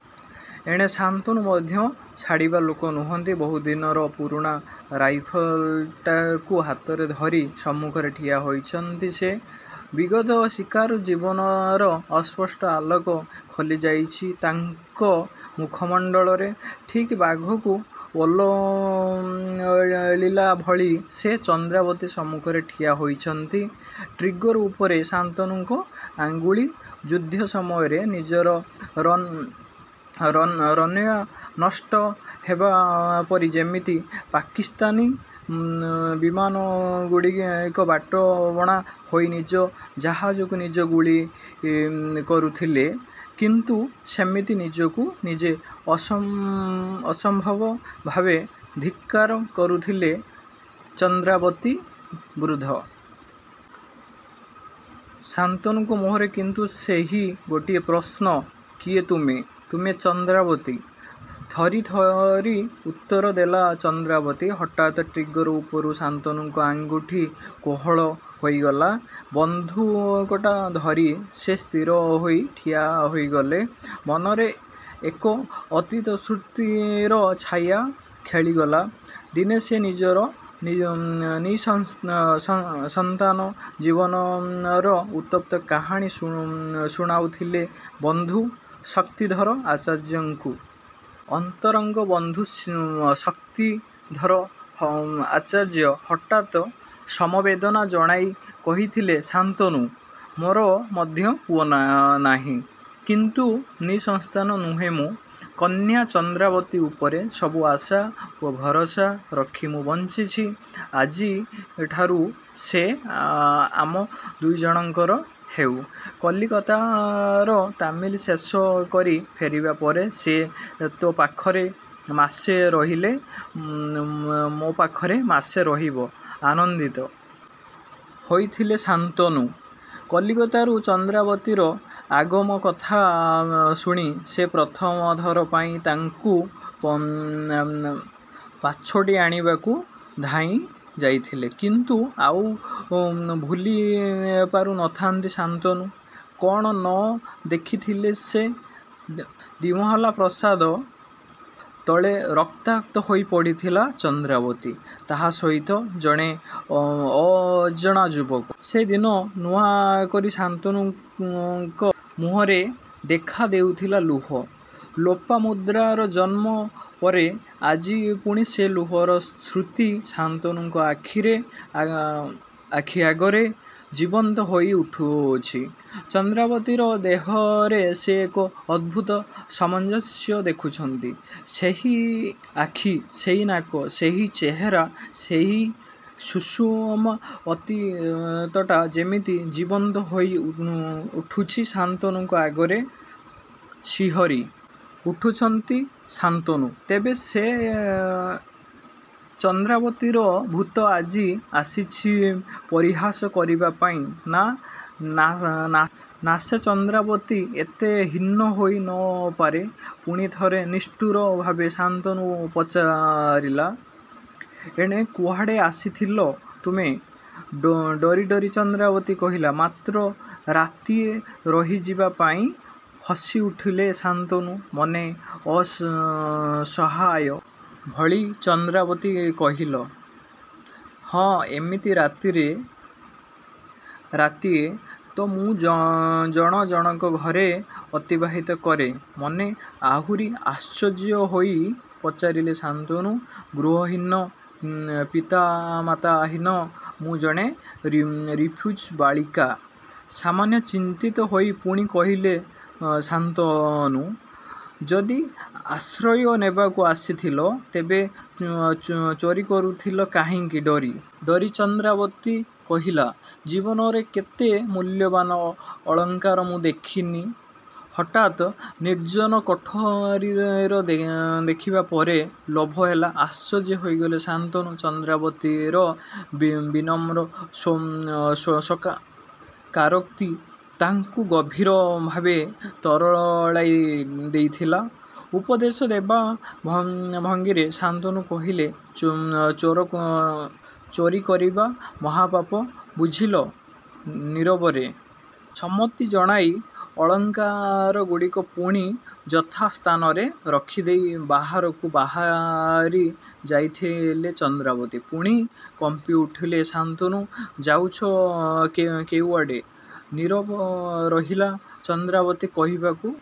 ଏଣେ ଶାନ୍ତନୁ ମଧ୍ୟ ଛାଡ଼ିବା ଲୋକ ନୁହଁନ୍ତି। ବହୁଦିନର ପୁରୁଣା ରାଇଫଲ୍‌ଟାକୁ ହାତରେ ଧରି ସମ୍ମୁଖରେ ଠିଆ ହୋଇଛନ୍ତି ସେ। ବିଗତ ଶିକାରୀ ଜୀବନର ଅସ୍ପଷ୍ଟ ଆଲୋକ ଖେଳିଯାଉଛି ତାଙ୍କ ମୁଖମଣ୍ଡଳରେ। ଠିକ୍ ବାଘକୁ ଓଗାଳିଲା ଭଳି ସେ ଚନ୍ଦ୍ରାବତୀ ସମ୍ମୁଖରେ ଠିଆ ହୋଇଛନ୍ତି। ଟ୍ରିଗର ଉପରେ ଶାନ୍ତନୁଙ୍କ ଆଙ୍ଗୁଳି ଯୁଦ୍ଧ ସମୟରେ ନିଜର ରନ୍‌ୱେ ନଷ୍ଟ ହେବା ପରେ ଯେମିତି ପାକିସ୍ତାନୀ ବିମାନଗୁଡ଼ିକ ବାଟବଣା ହୋଇ ନିଜ ଜାହାଜକୁ ନିଜେ ଗୁଳି କରୁଥିଲେ, ଠିକ୍ ସେମିତି ନିଜକୁ ନିଜେ ଅସମ୍ଭବ ଭାବେ ଧିକ୍କାର କରୁଥିଲା ଚନ୍ଦ୍ରାବତୀ। ବୃଦ୍ଧ ଶାନ୍ତନୁଙ୍କ ମୁହଁରେ କିନ୍ତୁ ସେହି ଗୋଟିଏ ପ୍ରଶ୍ନ “କିଏ ତୁମେ?”“ମୁଁ ଚନ୍ଦ୍ରାବତୀ।”ଥରି ଥରି ଉତ୍ତର ଦେଲା ଚନ୍ଦ୍ରାବତୀ। ହଠାତ୍ ଟ୍ରିଗର ଉପରୁ ଶାନ୍ତନୁଙ୍କ ଆଙ୍ଗୁଳି କୋହଳ ହୋଇଗଲା। ବନ୍ଧୁକଟାକୁ ଧରି ସେ ସ୍ଥିର ହୋଇ ଠିଆ ହୋଇଗଲେ। ମନରେ ଏକ ଅତୀତ ସ୍ମୃତିର ଛାୟା ଖେଳିଗଲା। ଦିନେ ସେ ନିଜର ନିଃସନ୍ତାନ ଜୀବନର ଉତ୍ତପ୍ତ କାହାଣୀ ଶୁଣାଉଥିଲେ ବନ୍ଧୁ ଶକ୍ତିଧର ଆଚାର୍ଯ୍ୟଙ୍କୁ। ଅନ୍ତରଙ୍ଗ ବନ୍ଧୁ ଶକ୍ତିଧର ଆଚାର୍ଯ୍ୟ ହଠାତ୍ ସମବେଦନା ଜଣାଇ କହିଥିଲେ“ଶାନ୍ତନୁ! ମୋର ମଧ୍ୟ ପୁଅ ନାହିଁ। କିନ୍ତୁ ନିଃସନ୍ତାନ ନୁହେଁ ମୁଁ। କନ୍ୟା ଚନ୍ଦ୍ରାବତୀ ଉପରେ ସବୁ ଆଶା ଓ ଭରସା ରଖି ମୁଁ ବଞ୍ଚିଛି। ଆଜିଠାରୁ ସେ ଆମ ଦୁଇଜଣଙ୍କର ହେଉ। କଲିକତାର ତାଲିମ ଶେଷ କରି ଫେରିବା ପରେ ସେ ତୋ ପାଖରେ ମାସେ ରହିଲେ, ମୋ ପାଖରେ ମାସେ ରହିବ।”ଆନନ୍ଦିତ ହୋଇଥିଲେ ଶାନ୍ତନୁ। କଲିକତାରୁ ଚନ୍ଦ୍ରାବତୀର ଆଗମନ କଥା ଶୁଣି ସେ ପ୍ରଥମଥର ପାଇଁ ତାଙ୍କୁ ପାଛୋଟି ଆଣିବାକୁ ଧାଇଁ ଯାଇଥିଲେ। କିନ୍ତୁ ଆଉ ଭୁଲିପାରୁ ନାହାଁନ୍ତି ଶାନ୍ତନୁ। କ'ଣ ନ ଦେଖିଥିଲେ ସେ! ଦ୍ୱିମହଲା ପ୍ରାସାଦ ତଳେ ରକ୍ତାକ୍ତ ହୋଇ ପଡ଼ିଥିଲା ଚନ୍ଦ୍ରାବତୀ। ତା' ସହିତ ଜଣେ ଅଜଣା ଯୁବକ। ସେଦିନ ନୂଆ କରି ଶାନ୍ତନୁଙ୍କ ମୁହଁରେ ଦେଖା ଦେଇଥିଲା ଲୁହ। ଲୋପାମୁଦ୍ରାର ଜନ୍ମ ପରେ ଆଜି ପୁଣି ସେହି ଲୁହର ସ୍ମୃତି ଶାନ୍ତନୁଙ୍କ ଆଖି ଆଗରେ ଜୀବନ୍ତ ହୋଇ ଉଠୁଛି। ଚନ୍ଦ୍ରାବତୀର ଦେହରେ ସେ ଏକ ଅଦ୍ଭୁତ ସାମଞ୍ଜସ୍ୟ ଦେଖୁଛନ୍ତି। ସେହି ଆଖି, ସେହି ନାକ, ସେହି ଚେହେରା, ସେହି ସୁଷମା ଅତୀତଟା ଯେମିତି ଜୀବନ୍ତ ହୋଇ ଉଠୁଛି ଶାନ୍ତନୁଙ୍କ ଆଗରେ। ଶିହରି ଉଠୁଛନ୍ତି ଶାନ୍ତନୁ। ତେବେ କ'ଣ ସେ ଚନ୍ଦ୍ରାବତୀର ଭୂତ ଆଜି ଆସିଛି ପରିହାସ କରିବା ପାଇଁ?“ନାଁ ନାଁସେ ଚନ୍ଦ୍ରାବତୀ ଏତେ ହୀନା ହୋଇ ନ ପାରେ।”ପୁଣି ଥରେ ନିଷ୍ଠୁର ଭାବେ ଶାନ୍ତନୁ ପଚାରିଲ“ଏଣେ କୁଆଡ଼େ ଆସିଥିଲ ତୁମେ?”ଡରି ଡରି ଚନ୍ଦ୍ରାବତୀ କହିଲା“ମାତ୍ର ରାତିଏ ରହିଯିବା ପାଇଁ।”ହସି ଉଠିଲେ ଶାନ୍ତନୁ।“ମାନେ?”ଅସହାୟା ଭଳି ଚନ୍ଦ୍ରାବତୀ କହିଲ ହଁଏମିତି ରାତିରେ ରାତିଏ ତ ମୁଁ ଜଣ ଜଣକ ଘରେ ଅତିବାହିତ କରେ। ମାନେ? ଆହୁରି ଆଶ୍ଚର୍ଯ୍ୟ ହୋଇ ପଚାରିଲେ ଶାନ୍ତନୁ। ଗୃହହୀନ ପିତାମାତାହୀନ ମୁଁ ଜଣେ ରିଫ୍ୟୁଜି ବାଳିକା। ସାମାନ୍ୟ ଚିନ୍ତିତ ହୋଇ ପୁଣି କହିଲେ ଶାନ୍ତନୁ ଯଦି ଆଶ୍ରୟ ନେବାକୁ ଆସିଥିଲ, ତେବେ ଚୋରି କରୁଥିଲ କାହିଁକି? ଡରି ଡରି ଚନ୍ଦ୍ରାବତୀ କହିଲା ଜୀବନରେ କେତେ ମୂଲ୍ୟବାନ ଅଳଙ୍କାର ମୁଁ ଦେଖିନି। ହଠାତ୍ ନିର୍ଜନ କୋଠରୀରେ ଦେଖିବା ପରେ ଲୋଭ ହେଲା। ଆଶ୍ଚର୍ଯ୍ୟ ହୋଇଗଲେ ଶାନ୍ତନୁ। ଚନ୍ଦ୍ରାବତୀର ବିନମ୍ର ସ୍ୱୀକାରୋକ୍ତି ତାଙ୍କୁ ଗଭୀର ଭାବେ ତରଳାଇ ଦେଇଥିଲା। ଉପଦେଶ ଦେବା ଭଙ୍ଗୀରେ ଶାନ୍ତନୁ କହିଲେ ଚୋର ଚୋରି କରିବା ମହାପାପ ବୁଝିଲ? ନୀରବରେ ସମ୍ମତି ଜଣାଇ ଅଳଙ୍କାରଗୁଡ଼ିକୁ ପୁଣି ଯଥାସ୍ଥାନରେ ରଖିଦେଇ ବାହାରକୁ ବାହାରି ଯାଉଥିଲା ଚନ୍ଦ୍ରାବତୀ। ପୁଣି କମ୍ପିଉଠିଲେ ଶାନ୍ତନୁ।“ଯାଉଛ କେଉଁଆଡ଼େ?”ନୀରବ ରହିଲା ଚନ୍ଦ୍ରାବତୀ। କହିବାକୁ